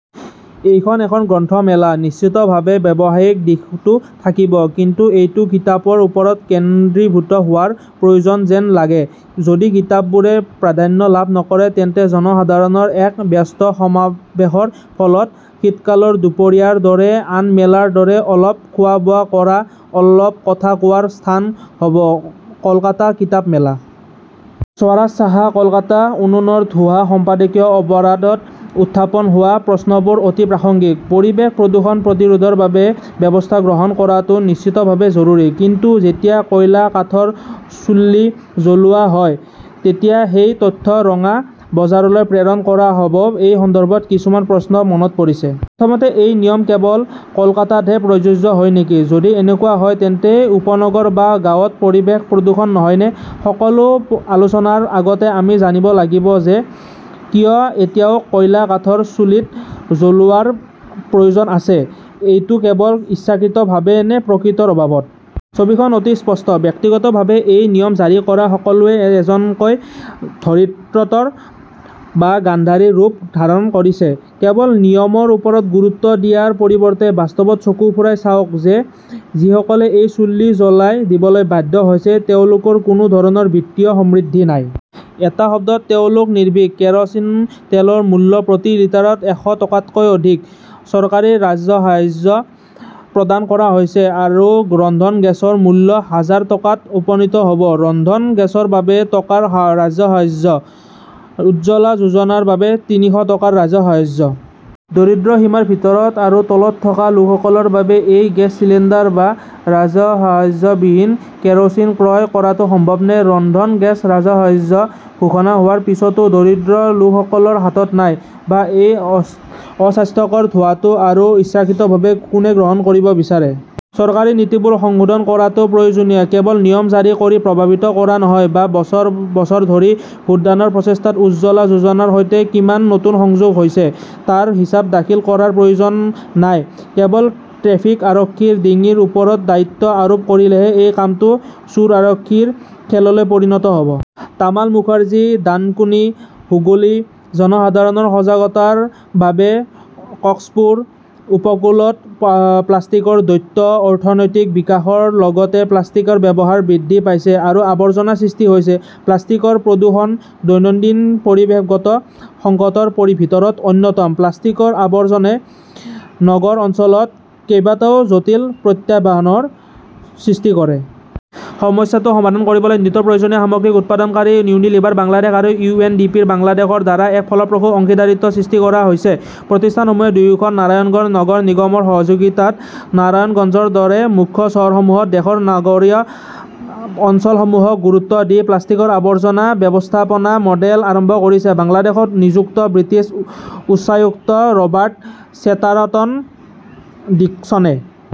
এইখন এখন গ্ৰন্থ মেলা। নিশ্চিতভাৱে ব্যৱসায়িক দিশটো থাকিব। কিন্তু এইটো কিতাপৰ ওপৰত কেন্দ্ৰীভূত হোৱাৰ প্ৰয়োজন যেন লাগে। যদি কিতাপবোৰে প্ৰাধান্য লাভ নকৰে, তেন্তে জনসাধাৰণৰ এক ব্যস্ত সমাৱেশৰ ফলত শীতকালৰ দুপৰীয়াৰ দৰে আন মেলাৰ দৰে অলপ খোৱা-বোৱা কৰা, অলপ কথা কোৱাৰ স্থান হ 'ব কলকাতা কিতাপ মেলা। স্বৰাজ সাহা, কলকাতা উনুনৰ ধোঁৱা সম্পাদকীয় অপৰাধ' ত উত্থাপন হোৱা প্ৰশ্নবোৰ অতি প্ৰাসংগিক। পৰিৱেশ প্ৰদূষণ প্ৰতিৰোধৰ বাবে ব্যৱস্থা গ্ৰহণ কৰাটো নিশ্চিতভাৱে জৰুৰী। কিন্তু যেতিয়া কয়লা-কাঠৰ চুল্লি জ্বলোৱা হয় তেতিয়া সেই তথ্য ৰঙা বজাৰলৈ প্ৰেৰণ কৰা হ 'ব-এই সন্দৰ্ভত কিছুমান প্ৰশ্ন মনত পৰিছে। প্ৰথমতে, এই নিয়ম কেৱল কলকাতাতহে প্ৰযোজ্য হয় নেকি। যদি এনেকুৱা হয়, তেন্তে উপনগৰ বা গাঁৱত পৰিৱেশ প্ৰদূষণ নহয়নে? সকলো আলোচনাৰ আগতে আমি জানিব লাগিব যে কিয় এতিয়াও কয়লা-কাঠৰ চুলিত জ্বলোৱাৰ প্ৰয়োজন আছে। এইটো কেৱল ইচ্ছাকৃতভাৱে, নে প্ৰকৃতৰ অভাৱত। ছবিখন অতি স্পষ্ট। ব্যক্তিগতভাৱে, এই নিয়ম জাৰি কৰা সকলোৱে এজনকৈ ধৰিত্ৰতৰ বা গান্ধাৰী ৰূপ ধাৰণ কৰিছে। কেৱল নিয়মৰ ওপৰত গুৰুত্ব দিয়াৰ পৰিৱৰ্তে, বাস্তৱত চকু ফুৰাই চাওক যে যিসকলে এই চুল্লী জ্বলাই দিবলৈ বাধ্য হৈছে তেওঁলোকৰ কোনো ধৰণৰ বিত্তীয় সমৃদ্ধি নাই। এটা শব্দত, তেওঁলোকে নিৰ্ভীক। কেৰ'চিন তেলৰ মূল্য প্ৰতি লিটাৰত এশ টকাতকৈ অধিক। চৰকাৰী ৰাজ্যসাহায্য প্ৰদান কৰা হৈছে। আৰু ৰন্ধন গেছৰ মূল্য হাজাৰ টকাত উপনীত হ’ব। ৰন্ধন গেছৰ বাবে টকাৰ ৰাজ্যসাহায্য। উজ্জ্বলা যোজনাৰ বাবে তিনিশ টকাৰ ৰাজহসাহায্য। দৰিদ্ৰ সীমাৰ ভিতৰত আৰু তলত থকা লোকসকলৰ বাবে এই গেছ চিলিণ্ডাৰ বা ৰাজহসাহায্যবিহীন কেৰোচিন ক্ৰয় কৰাটো সম্ভৱনে। ৰন্ধন গেছ ৰাজহসাহায্য ঘোষণা হোৱাৰ পিছতো দৰিদ্ৰ লোকসকলৰ হাতত নাই। বা এই অস্বাস্থ্যকৰ ধোঁৱাটো আৰু ইচ্ছাকৃতভাৱে কোনে গ্ৰহণ কৰিব বিচাৰে। চৰকাৰী নীতিবোৰ সংশোধন কৰাটো প্ৰয়োজনীয়, কেৱল নিয়ম জাৰি কৰি প্ৰভাৱিত কৰা নহয়, বা বছৰ বছৰ ধৰি ভোটদানৰ প্ৰচেষ্টাত উজ্জ্বলা যোজনাৰ সৈতে কিমান নতুন সংযোগ হৈছে তাৰ হিচাপ দাখিল কৰাৰ প্ৰয়োজন নাই। কেৱল ট্ৰেফিক আৰক্ষীৰ ডিঙিৰ ওপৰত দায়িত্ব আৰোপ কৰিলেহে এই কামটো চোৰ-আৰক্ষীৰ খেললৈ পৰিণত হ’ব। তামাল মুখাৰ্জী, ডানকুনি, হুগলী। জনসাধাৰণৰ সজাগতাৰ বাবে কক্সপুৰ উপকূলত প্লাষ্টিকৰ দৈত্য অৰ্থনৈতিক বিকাশৰ লগতে প্লাষ্টিকৰ ব্যৱহাৰ বৃদ্ধি পাইছে আৰু আৱৰ্জনা সৃষ্টি হৈছে। প্লাষ্টিকৰ প্ৰদূষণ দৈনন্দিন পৰিৱেশগত সংকটৰ ভিতৰত অন্যতম। প্লাষ্টিকৰ আৱৰ্জনে নগৰ অঞ্চলত কেইবাটাও জটিল প্ৰত্যাহ্বানৰ সৃষ্টি কৰে। সমস্যাটো সমাধান কৰিবলৈ নিত্যপ্ৰয়োজনীয় সামগ্ৰী উৎপাদনকাৰী ইউনিলিভাৰ বাংলাদেশ আৰু ইউ. এন. ডি. পি. বাংলাদেশৰ দ্বাৰা এক ফলপ্ৰসূ অংশীদাৰিত্ব সৃষ্টি কৰা হৈছে। প্ৰতিষ্ঠানসমূহে দুয়োখন নাৰায়ণগড় নগৰ নিগমৰ সহযোগিতাত নাৰায়ণগঞ্জৰ দৰে মুখ্য চহৰসমূহত দেশৰ নগৰীয়া অঞ্চলসমূহক গুৰুত্ব দি প্লাষ্টিকৰ আৱৰ্জনা ব্যৱস্থাপনা মডেল আৰম্ভ কৰিছে। বাংলাদেশত নিযুক্ত ব্ৰিটিছ উচ্চায়ুক্ত ৰবাৰ্ট চেটাৰটন ডিকছনে